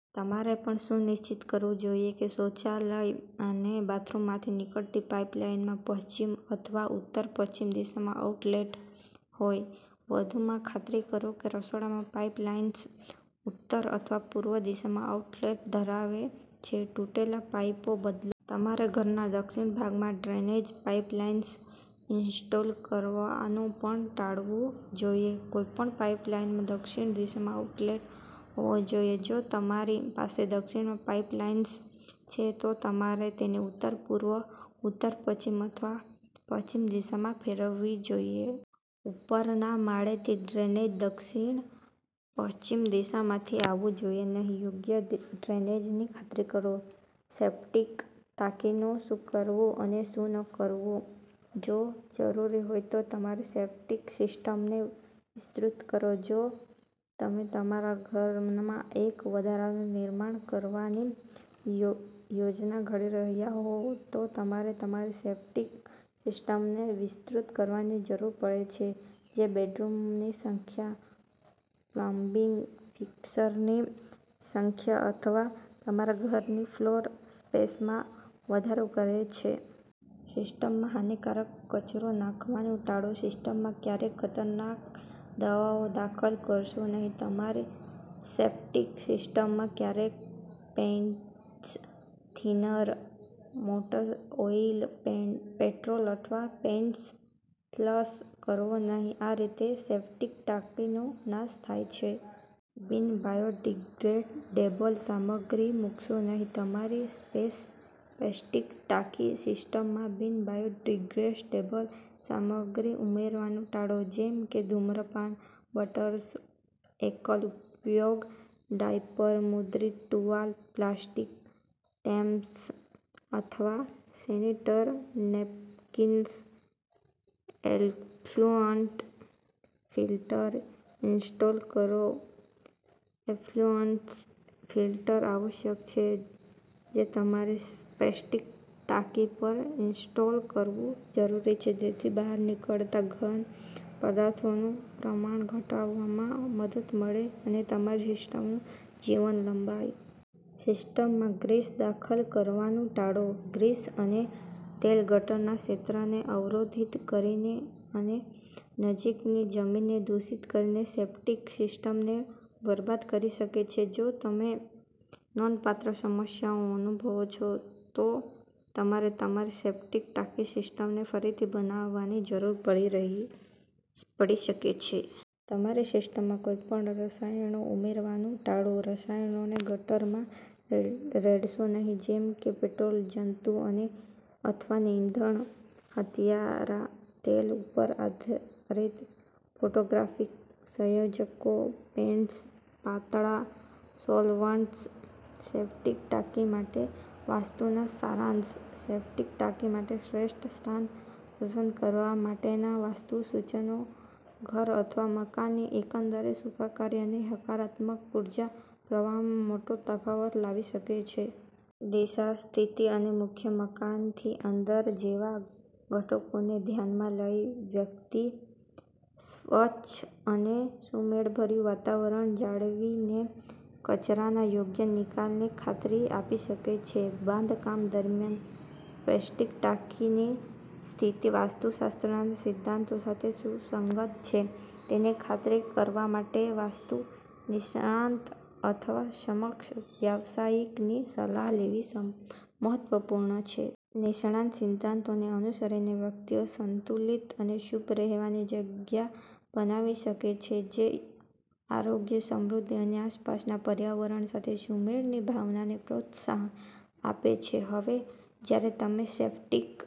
તમારે પણ સુનિશ્ચિત કરવું જોઈએ કે શૌચાલય અને બાથરૂમમાંથી નીકળતી પાઇપલાઇનમાં પશ્ચિમ અથવા ઉત્તર પશ્ચિમ દિશામાં આઉટલેટ હોય. વધુમાં, ખાતરી કરો કે રસોડામાં પાઇપલાઇન્સ ઉત્તર અથવા પૂર્વ દિશામાં આઉટલેટ ધરાવે છે. તૂટેલા પાઈપો બદલો. તમારે ઘરના દક્ષિણ ભાગમાં ડ્રેનેજ પાઇપલાઇન્સ ઇન્સ્ટોલ કરવાનું પણ ટાળવું જોઈએ. કોઈપણ પાઈપલાઈનમાં દક્ષિણ દિશામાં આઉટલેટ હોવો જોઈએ. જો તમારી પાસે દક્ષિણમાં પાઇપલાઇન્સ છે, તો તમારે તેને ઉત્તર, પૂર્વ, ઉત્તરપશ્ચિમ અથવા પશ્ચિમ દિશામાં ફેરવવી જોઈએ. ઉપરના માળેથી ડ્રેનેજ દક્ષિણ-પશ્ચિમ દિશામાંથી આવવું જોઈએ નહીં. યોગ્ય ડ્રેનેજની ખાતરી કરો. સેપ્ટિક ટાંકીનું શું કરવું અને શું કરવું. જો જરૂરી હોય તો, તમારી સેપ્ટિક સિસ્ટમને વિસ્તૃત કરો. જો તમે તમારા ઘરમાં એક વધારાનું નિર્માણ કરવાની યોજના ઘડી રહ્યા હોવ, તો તમારે તમારી સેપ્ટિક સિસ્ટમને વિસ્તૃત કરવાની જરૂર પડશે, જે બેડરૂમની સંખ્યા, પ્લમ્બિંગ ફિક્સરની સંખ્યા અથવા તમારા ઘરની ફ્લોર સ્પેસમાં વધારો કરશે. સિસ્ટમમાં હાનિકારક કચરો નાખવાનું ટાળો. સિસ્ટમમાં ક્યારેય ખતરનાક દવાઓ દાખલ કરશો નહીં. તમારી સેપ્ટિક સિસ્ટમમાં ક્યારેય paint thinner, motor oil, petrol અથવા પેઇન્ટ ફ્લશ કરશો નહીં. આ રીતે સેપ્ટિક ટાંકીનો નાશ થાય છે. બિન-બાયોડિગ્રેડેબલ સામગ્રી મૂકશો નહીં. તમારી સેપ્ટિક ટાંકી સિસ્ટમમાં બિન-બાયોડિગ્રેડેબલ સામગ્રી ઉમેરવાનું ટાળો, જેમ કે ધુમ્રપાન બટ્સ, એકલ-ઉપયોગ ડાયપર, મુદ્રિત ટુવાલ, પ્લાસ્ટિક, ટેમ્પન્સ અથવા sanitary napkins. Effluent filter install કરો. એફ્લુઅન્ટ ફિલ્ટર આવશ્યક છે, જે તમારી સેપ્ટિક ટાંકી પર ઇન્સ્ટોલ કરવું જરૂરી છે જેથી બહાર નીકળતા ઘન પદાર્થોનું પ્રમાણ ઘટાડવામાં મદદ મળે અને તમારી સિસ્ટમનું જીવન લંબાય. સિસ્ટમમાં ગ્રીસ દાખલ કરવાનું ટાળો. ગ્રીસ અને તેલ ગટરના ક્ષેત્રને અવરોધિત કરીને અને નજીકની જમીનને દૂષિત કરીને સેપ્ટિક સિસ્ટમને બરબાદ કરી શકે છે. જો તમે નોંધપાત્ર સમસ્યાઓ અનુભવો છો, તો તમારે તમારી સેપ્ટિક ટાંકી સિસ્ટમ ફરીથી બનાવવાની જરૂર પડી શકે છે. તમારી સિસ્ટમમાં કોઈપણ રસાયણો ઉમેરવાનું ટાળો. રસાયણોને ગટરમાં રેડશો નહીં, જેમ કે પેટ્રોલ, જંતુ અથવા નીંદણ હત્યારા, તેલ પર આધારિત ફોટોગ્રાફિક સંયોજનો, પેઇન્ટ પાતળા સોલવન્ટ્સ. સેપ્ટિક ટાંકી માટે વાસ્તુનો સારાંશ. સેપ્ટિક ટાંકી માટે શ્રેષ્ઠ સ્થાન પસંદ કરવા માટેના વાસ્તુ સૂચનો ઘર અથવા મકાનની એકંદર સુખાકારી અને હકારાત્મક ઊર્જા પ્રવાહમાં મોટો તફાવત લાવી શકે છે. દિશા, સ્થિતિ અને મુખ્ય મકાનથી અંતર જેવા ઘટકોને ધ્યાનમાં લઈને, વ્યક્તિ સ્વચ્છ અને સુમેળભર્યું વાતાવરણ જાળવીને કચરાના યોગ્ય નિકાલની ખાતરી આપી શકે છે. બાંધકામ દરમિયાન, સેપ્ટિક ટાંકીની સ્થિતિ વાસ્તુશાસ્ત્રના સિદ્ધાંતો સાથે સુસંગત છે તેની ખાતરી કરવા માટે વાસ્તુ નિષ્ણાત અથવા સક્ષમ વ્યાવસાયિકની સલાહ લેવી મહત્વપૂર્ણ છે. નિષ્ણાત સિદ્ધાંતોને અનુસરીને વ્યક્તિઓ સંતુલિત અને શુભ રહેવાની જગ્યા બનાવી શકે છે, જે આરોગ્ય, સમૃદ્ધિ અને આસપાસના પર્યાવરણ સાથે સુમેળની ભાવનાને પ્રોત્સાહન આપે છે. હવે જ્યારે તમે સેપ્ટિક